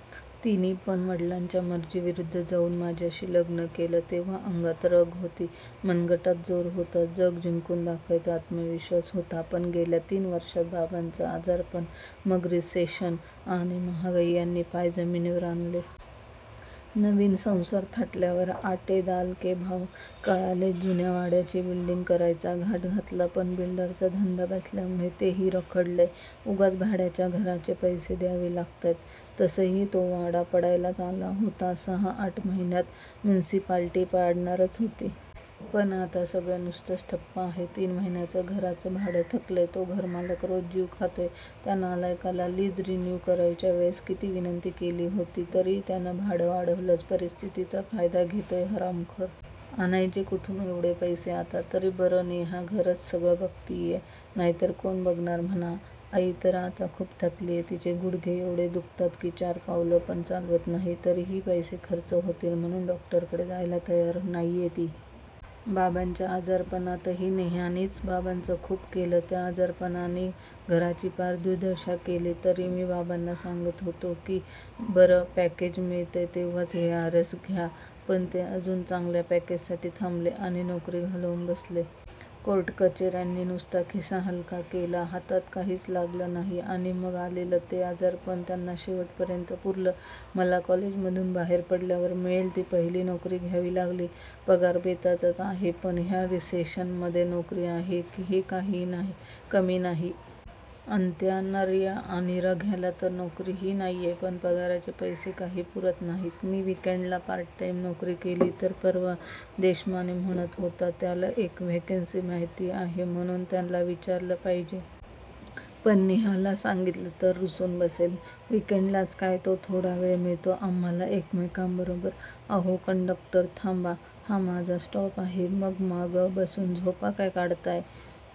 " तिनीपण वडिलांच्या मर्जी विरुद्ध जाऊन माझ्याशी लग्न केलं. तेव्हा अंगात रग होती, मनगटात जोर होता, जग जिंकून दाखवायचा आत्मविश्वास होता. पण गेल्या तीन वर्षात बाबांचं आजारपण, मग रिसेशन आणि महागाई ह्यांनी पाय जमीनीवर आणले. नवीन संसार थाटल्यावर 'आटे दाल के भाव' कळाले. जुन्या वाड्याची बिल्डींग करायचा घाट घातला पण बिल्डरचा धंदा बसल्यामुळे तेही रखडलयं. उगाच भाड्याच्या घराचे पैसे द्यावे लागतायत. तसही तो वाडा पडायलाच आला होता. सहा आठ महियात म्युनिसिपालिटी पाडणारच होती. पण आता सगळं नुसतच ठप्प आहे. तीन महिन्याचं घराचं भाडं थकलयं. तो घरमालक रोज जीव खातोय. त्या नालायकाला लीज रिन्यु करायच्या वेळेस किती विनंती केली होती. तरीही त्यानी भाडं वाढवलच. परिस्थितिचा फायदा घेतोय हरामखोर. आणायचे कुठून एवढे पैसे आता? तरी बरं नेहा घरचं सगळं बघतीये. नाहीतर कोण बघणार म्हणा? आई तर आता खूप थकलीये. तिचे गुढघे एवढे दुखतात कि चार पावलं पण चालवत नाही. तरीही पैसे खर्च होतील म्हणून डॉक्टरकडे जायला तयार नाहीये ती. बाबांच्या आजारपणातही नेहानीच बाबांचं खूप केलं. त्या आजारपणानी घराची पार दुर्दशा केली. तरी मी बाबांना सांगत होतो कि बरं पॅकेज मिळतय तेव्हाच व्हि आर एस घ्या. पण ते अजून चांगल्या पॅकेजसाठी थांबले आणि नोकरी घालवून बसले. कोर्ट कचेर्यांनी नुसता खिसा हलका केला. हातात काहिच लागलं नाही. आणि मग आलेलं ते आजारपण त्यांना शेवटपर्यंत पुरलं. मला कॉलेजमधून बाहेर पडल्यावर मिळेल ती पहिली नोकरी घ्यावी लागली. पगार बेताचाच आहे पण ह्या रिसेशन मधे नोकरी आहे हे काही कमी नाही. अंत्या, नर्या आणि रघ्याला तर नोकरीही नाहिये. पण पगाराचे पैसे काही पुरत नाहीत. मी विकेंडला पार्ट टाईम नोकरी केली तर? परवा देशमाने म्हणत होता त्याला एक व्हेकन्सी माहिती आहे म्हणून. त्याला विचारलं पाहिजे. पण नेहाला सांगितलं तर रुसून बसेल. विकेंडलाच काय तो थोडा वेळ मिळतो आम्हाला एकमेकांबरोबर. "अहो कंडक्टर, थांबा.. हा माझा स्टॉप आहे. ""मग माग बसून झोपा काय काढताय?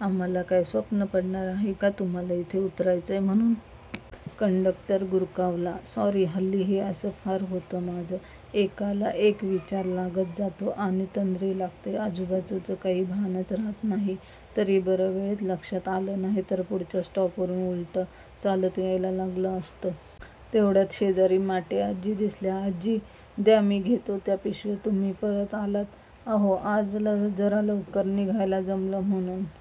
आम्हाला काय स्वप्न पडणार आहे का तुम्हाला इथे उतरायचय म्हणून? " कंडक्टर गुरकावला. "सॉरी"हल्ली हे असं फार होतं माझं. एकाला एक विचार लागत जातो आणि तंद्री लागते. आजुबाजुचं काही भानच रहात नाही. तरी बरं वेळेत लक्षात आलं. नाहीतर पुढच्या स्टॉपवरून उलटं चालत यायला लागलं असतं. तेवढ्यात शेजारी माटे आजी दिसल्या.. "आजी, द्या मी घेतो त्या पिशव्या. ""तुम्ही?.. परत आलात? ""अहो आज जरा लवकर निघायला जमलं म्हणून